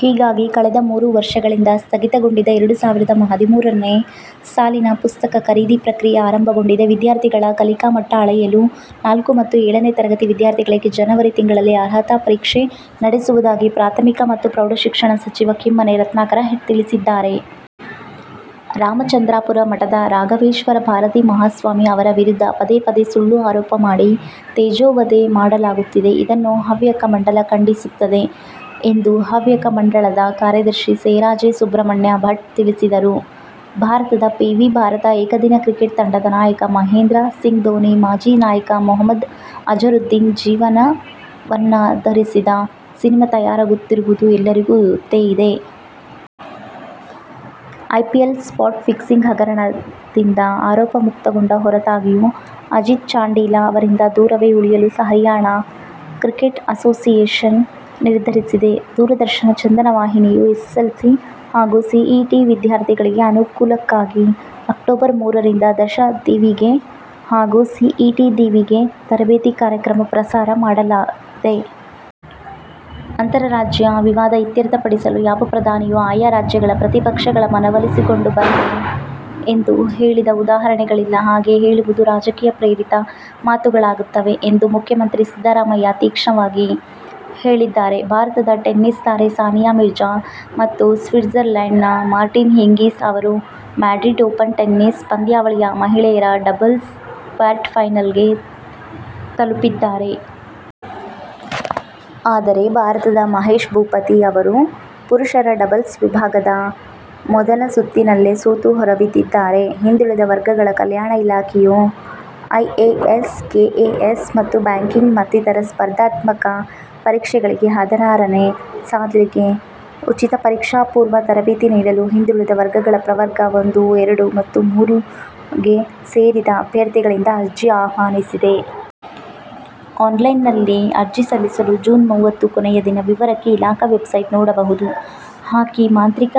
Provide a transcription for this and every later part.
ಹೀಗಾಗಿ ಕಳೆದ ಮೂರು ವರ್ಷಗಳಿಂದ ಸ್ಥಗಿತಗೊಂಡಿದ್ದ ಎರಡು ಸಾವಿರದ ಹದಿಮೂರನೇ ಸಾಲಿನ ಪುಸ್ತಕ ಖರೀದಿ ಪ್ರಕ್ರಿಯೆ ಆರಂಭಗೊಂಡಿದೆ. ವಿದ್ಯಾರ್ಥಿಗಳ ಕಲಿಕಾ ಮಟ್ಟ ಅಳೆಯಲು ನಾಲ್ಕು ಮತ್ತು ಏಳನೇ ತರಗತಿ ವಿದ್ಯಾರ್ಥಿಗಳಿಗೆ ಜನವರಿ ತಿಂಗಳಲ್ಲಿ ಅರ್ಹತಾ ಪರೀಕ್ಷೆ ನಡೆಸುವುದಾಗಿ ಪ್ರಾಥಮಿಕ ಮತ್ತು ಪ್ರೌಢಶಿಕ್ಷಣ ಸಚಿವ ಕಿಮ್ಮನೆ ರತ್ನಾಕರ ತಿಳಿಸಿದ್ದಾರೆ. ರಾಮಚಂದ್ರಾಪುರ ಮಠದ ರಾಘವೇಶ್ವರ ಭಾರತೀ ಮಹಾಸ್ವಾಮಿ ಅವರ ವಿರುದ್ಧ ಪದೇ-ಪದೇ ಸುಳ್ಳು ಆರೋಪ ಮಾಡಿ ತೇಜೋವಧೆ ಮಾಡಲಾಗುತ್ತಿದೆ. ಇದನ್ನು ಹವ್ಯಕ ಮಂಡಲ ಖಂಡಿಸುತ್ತದೆ ಎಂದು ಹವ್ಯಕ ಮಂಡಳದ ಕಾರ್ಯದರ್ಶಿ ಸೇರಾಜೆ ಸುಬ್ರಹ್ಮಣ್ಯ ಭಟ್ ತಿಳಿಸಿದರು. ಭಾರತದ ಪಿ. ವಿ. ಭಾರತ ಏಕದಿನ ಕ್ರಿಕೆಟ್ ತಂಡದ ನಾಯಕ ಮಹೇಂದ್ರ ಸಿಂಗ್ ಧೋನಿ, ಮಾಜಿ ನಾಯಕ ಮೊಹಮ್ಮದ್ ಅಜರುದ್ದೀನ್ ಜೀವನವನ್ನಾಧರಿಸಿದ ಸಿನಿಮಾ ತಯಾರಾಗುತ್ತಿರುವುದು ಎಲ್ಲರಿಗೂ ಗೊತ್ತೇಇದೆ. ಐಪಿಎಲ್ ಸ್ಪಾಟ್ ಫಿಕ್ಸಿಂಗ್ ಹಗರಣದಿಂದ ಆರೋಪಮುಕ್ತಗೊಂಡ ಹೊರತಾಗಿಯೂ ಅಜಿತ್ ಚಾಂಡೀಲಾ ಅವರಿಂದ ದೂರವೇ ಉಳಿಯಲು ಹರಿಯಾಣ ಕ್ರಿಕೆಟ್ ಅಸೋಸಿಯೇಷನ್ ನಿರ್ಧರಿಸಿದೆ. ದೂರದರ್ಶನ ಚಂದನ ವಾಹಿನಿಯು ಎಸ್ಸೆಸ್ಸೆಲ್ಸಿ ಹಾಗೂ ಸಿಇಟಿ ವಿದ್ಯಾರ್ಥಿಗಳಿಗೆ ಅನುಕೂಲಕ್ಕಾಗಿ ಅಕ್ಟೋಬರ್ ಮೂರರಿಂದ ದಶ ದೀವಿಗೆ ಹಾಗೂ ಸಿಇಟಿ ದೀವಿಗೆ ತರಬೇತಿ ಕಾರ್ಯಕ್ರಮ ಪ್ರಸಾರ ಮಾಡಲಿದೆ. ಅಂತರರಾಜ್ಯ ವಿವಾದ ಇತ್ಯರ್ಥಪಡಿಸಲು ಯಾವ ಪ್ರಧಾನಿಯೂ ಆಯಾ ರಾಜ್ಯಗಳ "ಪ್ರತಿಪಕ್ಷಗಳ ಮನವೊಲಿಸಿಕೊಂಡು ಬನ್ನಿ' ಎಂದು ಹೇಳಿದ ಉದಾಹರಣೆಗಳಿಲ್ಲ. ಹಾಗೆ ಹೇಳುವುದು ರಾಜಕೀಯಪ್ರೇರಿತ ಮಾತುಗಳಾಗುತ್ತವೆ ಎಂದು ಮುಖ್ಯಮಂತ್ರಿ ಸಿದ್ದರಾಮಯ್ಯ ತೀಕ್ಷ್ಣವಾಗಿ ಹೇಳಿದ್ದಾರೆ. ಭಾರತದ ಟೆನ್ನಿಸ್ ತಾರೆ ಸಾನಿಯಾ ಮಿರ್ಜಾ ಮತ್ತು ಸ್ವಿಟ್ಸರ್ಲಂಡ್ನ ಮಾರ್ಟಿನ ಹಿಂಗಿಸ್ ಅವರು ಮ್ಯಾಡ್ರಿಡ್ ಓಪನ್ ಟೆನ್ನಿಸ್ ಪಂದ್ಯಾವಳಿಯ ಮಹಿಳೆಯರ ಡಬಲ್ಸ್ ಕ್ವಾರ್ಟರ್ಫೈನಲ್ಸ್ಗೆ ತಲಪಿದ್ದಾರೆ. ಆದರೆ ಭಾರತದ ಮಹೇಶ್ ಭೂಪತಿ ಅವರು ಪುರುಷರ ಡಬಲ್ಸ್ ವಿಭಾಗದ ಮೊದಲ ಸುತ್ತಿನಲ್ಲೇ ಸೋತು ಹೊರಬಿದ್ದಿದ್ದಾರೆ. ಹಿಂದುಳಿದ ವರ್ಗಗಳ ಕಲ್ಯಾಣ ಇಲಾಖೆಯು ಐಎಎಸ್, ಕೆಎಎಸ್ ಮತ್ತು ಬ್ಯಾಂಕಿಂಗ್ ಮತ್ತಿತರ ಸ್ಪರ್ಧಾತ್ಮಕ ಪರೀಕ್ಷೆಗಳಿಗೆ ಹದಿನಾರನೇ ಸಾಲಿಗೆ ಉಚಿತ ಪರೀಕ್ಷಾಪೂರ್ವ ತರಬೇತಿ ನೀಡಲು ಹಿಂದುಳಿದ ವರ್ಗಗಳ ಪ್ರವರ್ಗ- ಒಂದು, ಎರಡು ಮತ್ತು ಮೂರು ಗೆಸೇರಿದ ಅಭ್ಯರ್ಥಿಗಳಿಂದ ಅರ್ಜಿ ಆಹ್ವಾನಿಸಿದೆ. ಆನ್ಲೈನ್ನಲ್ಲಿ ಅರ್ಜಿ ಸಲ್ಲಿಸಲು ಜೂನ್ ಮೂವತ್ತು ಕೊನೆಯ ದಿನ. ವಿವರಕ್ಕೆ ಇಲಾಖಾ ವೆಬ್ಸೈಟ್: ನೋಡಬಹುದು. ಹಾಕಿ ಮಾಂತ್ರಿಕ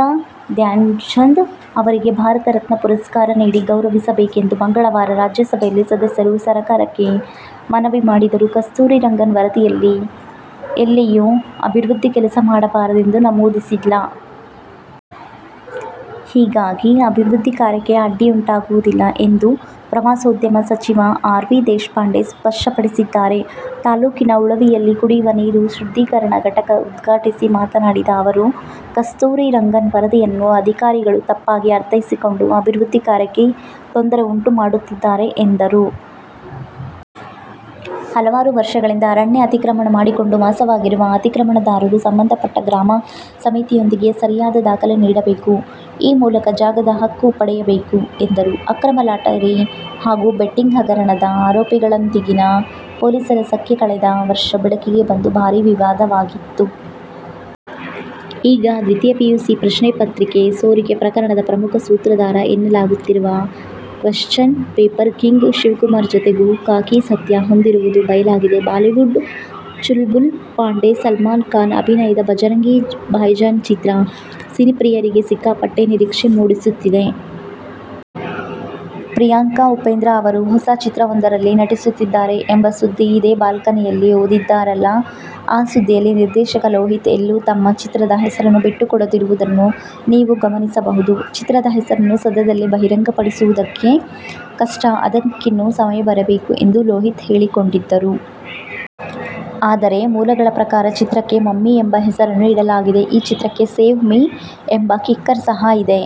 ಧ್ಯಾನ್ಚಂದ್ ಅವರಿಗೆ ಭಾರತ ರತ್ನ ಪುರಸ್ಕಾರ ನೀಡಿ ಗೌರವಿಸಬೇಕೆಂದು ಮಂಗಳವಾರ ರಾಜ್ಯಸಭೆಯಲ್ಲಿ ಸದಸ್ಯರು ಸರಕಾರಕ್ಕೆ ಮನವಿ ಮಾಡಿದರು. ಕಸ್ತೂರಿ ರಂಗನ್ ವರದಿಯಲ್ಲಿ ಎಲ್ಲಿಯೂ ಅಭಿವೃದ್ಧಿ ಕೆಲಸ ಮಾಡಬಾರದೆಂದು ನಮೂದಿಸಿಲ್ಲ. ಹೀಗಾಗಿ ಅಭಿವೃದ್ಧಿ ಕಾರ್ಯಕ್ಕೆ ಅಡ್ಡಿಯುಂಟಾಗುವುದಿಲ್ಲ ಎಂದು ಪ್ರವಾಸೋದ್ಯಮ ಸಚಿವ ಆರ್. ವಿ. ದೇಶಪಾಂಡೆ ಸ್ಪಷ್ಟಪಡಿಸಿ ದ್ದಾರೆ. ತಾಲೂಕಿನ ಉಳವಿಯಲ್ಲಿ ಕುಡಿಯುವ ನೀರು ಶುದ್ಧೀಕರಣ ಘಟಕ ಉದ್ಘಾಟಿಸಿ ಮಾತನಾಡಿದ ಅವರು, ಕಸ್ತೂರಿ ರಂಗನ್ ವರದಿಯನ್ನು ಅಧಿಕಾರಿಗಳು ತಪ್ಪಾಗಿ ಅರ್ಥೈಸಿಕೊಂಡು ಅಭಿವೃದ್ಧಿ ಕಾರ್ಯಕ್ಕೆ ತೊಂದರೆ ಉಂಟು ಮಾಡುತ್ತಿದ್ದಾರೆ ಎಂದರು. ಹಲವಾರು ವರ್ಷಗಳಿಂದ ಅರಣ್ಯ ಅತಿಕ್ರಮಣ ಮಾಡಿಕೊಂಡು ವಾಸವಾಗಿರುವ ಅತಿಕ್ರಮಣದಾರರು ಸಂಬಂಧಪಟ್ಟ ಗ್ರಾಮ ಸಮಿತಿಯೊಂದಿಗೆ ಸರಿಯಾದ ದಾಖಲೆ ನೀಡಬೇಕು. ಈ ಮೂಲಕ ಜಾಗದ ಹಕ್ಕು ಪಡೆಯಬೇಕು ಎಂದರು. ಅಕ್ರಮ ಲಾಟರಿ ಹಾಗೂ ಬೆಟ್ಟಿಂಗ್ ಹಗರಣದ ಆರೋಪಿಗಳೊಂದಿಗಿನ ಪೊಲೀಸರ ಸಖ್ಯ ಕಳೆದ ವರ್ಷ ಬೆಳಕಿಗೆ ಬಂದು ಭಾರೀ ವಿವಾದವಾಗಿತ್ತು. ಈಗ ದ್ವಿತೀಯ ಪಿಯುಸಿ ಪ್ರಶ್ನೆ ಪತ್ರಿಕೆ ಸೋರಿಕೆ ಪ್ರಕರಣದ ಪ್ರಮುಖ ಸೂತ್ರಧಾರ ಎನ್ನ ಲಾಗುತ್ತಿರುವ ಕ್ವಶ್ಚನ್ ಪೇಪರ್ ಕಿಂಗ್' ಶಿವಕುಮಾರ್ ಜತೆಗೂ ಖಾಕಿ ಸಖ್ಯ ಹೊಂದಿರುವುದು ಬಯಲಾಗಿದೆ. ಬಾಲಿವುಡ್ ಚುಲ್'ಬುಲ್ ಪಾಂಡೆ 'ಸಲ್ಮಾನ್ ಖಾನ್' ಅಭಿನಯದ 'ಭಜರಂಗಿ ಭಾಯಿಜಾನ್' ಚಿತ್ರ ಸಿನಿಪ್ರಿಯರಿಗೆ ಸಿಕ್ಕಾಪಟ್ಟೆ ನಿರೀಕ್ಷೆ ಮೂಡಿಸುತ್ತಿದೆ. ಪ್ರಿಯಾಂಕಾ ಉಪೇಂದ್ರ ಅವರು ಹೊಸ ಚಿತ್ರವೊಂದರಲ್ಲಿ ನಟಿಸುತ್ತಿದ್ದಾರೆ ಎಂಬ ಸುದ್ದಿ ಇದೇ ಬಾಲ್ಕನಿಯಲ್ಲಿ ಓದಿದ್ದಿರಲ್ಲಾ. ಆ ಸುದ್ದಿಯಲ್ಲಿ ನಿರ್ದೇಶಕ ಲೋಹಿತ್ ಎಲ್ಲೂ ತಮ್ಮ ಚಿತ್ರದ ಹೆಸರನ್ನು ಬಿಟ್ಟುಕೊಡದಿರುವುದನ್ನು ನೀವು ಗಮನಿಸಬಹುದು. ಚಿತ್ರದ ಹೆಸರನ್ನು ಸದ್ಯದಲ್ಲೇ ಬಹಿರಂಗಪಡಿಸುವುದಕ್ಕೆ ಕಷ್ಟ, ಅದಕ್ಕಿನ್ನೂ ಸಮಯ ಬರಬೇಕು ಎಂದು ಲೋಹಿತ್ ಹೇಳಿಕೊಂಡಿದ್ದರು. ಆದರೆ, ಮೂಲಗಳ ಪ್ರಕಾರ ಚಿತ್ರಕ್ಕೆ ಮಮ್ಮಿ ಎಂಬ ಹೆಸರನ್ನು ಇಡಲಾಗಿದೆ. ಈ ಚಿತ್ರಕ್ಕೆ ಸೇವ್ ಮಿ ಎಂಬ ಕಿಕ್ಕರ್ ಸಹ ಇದೆ.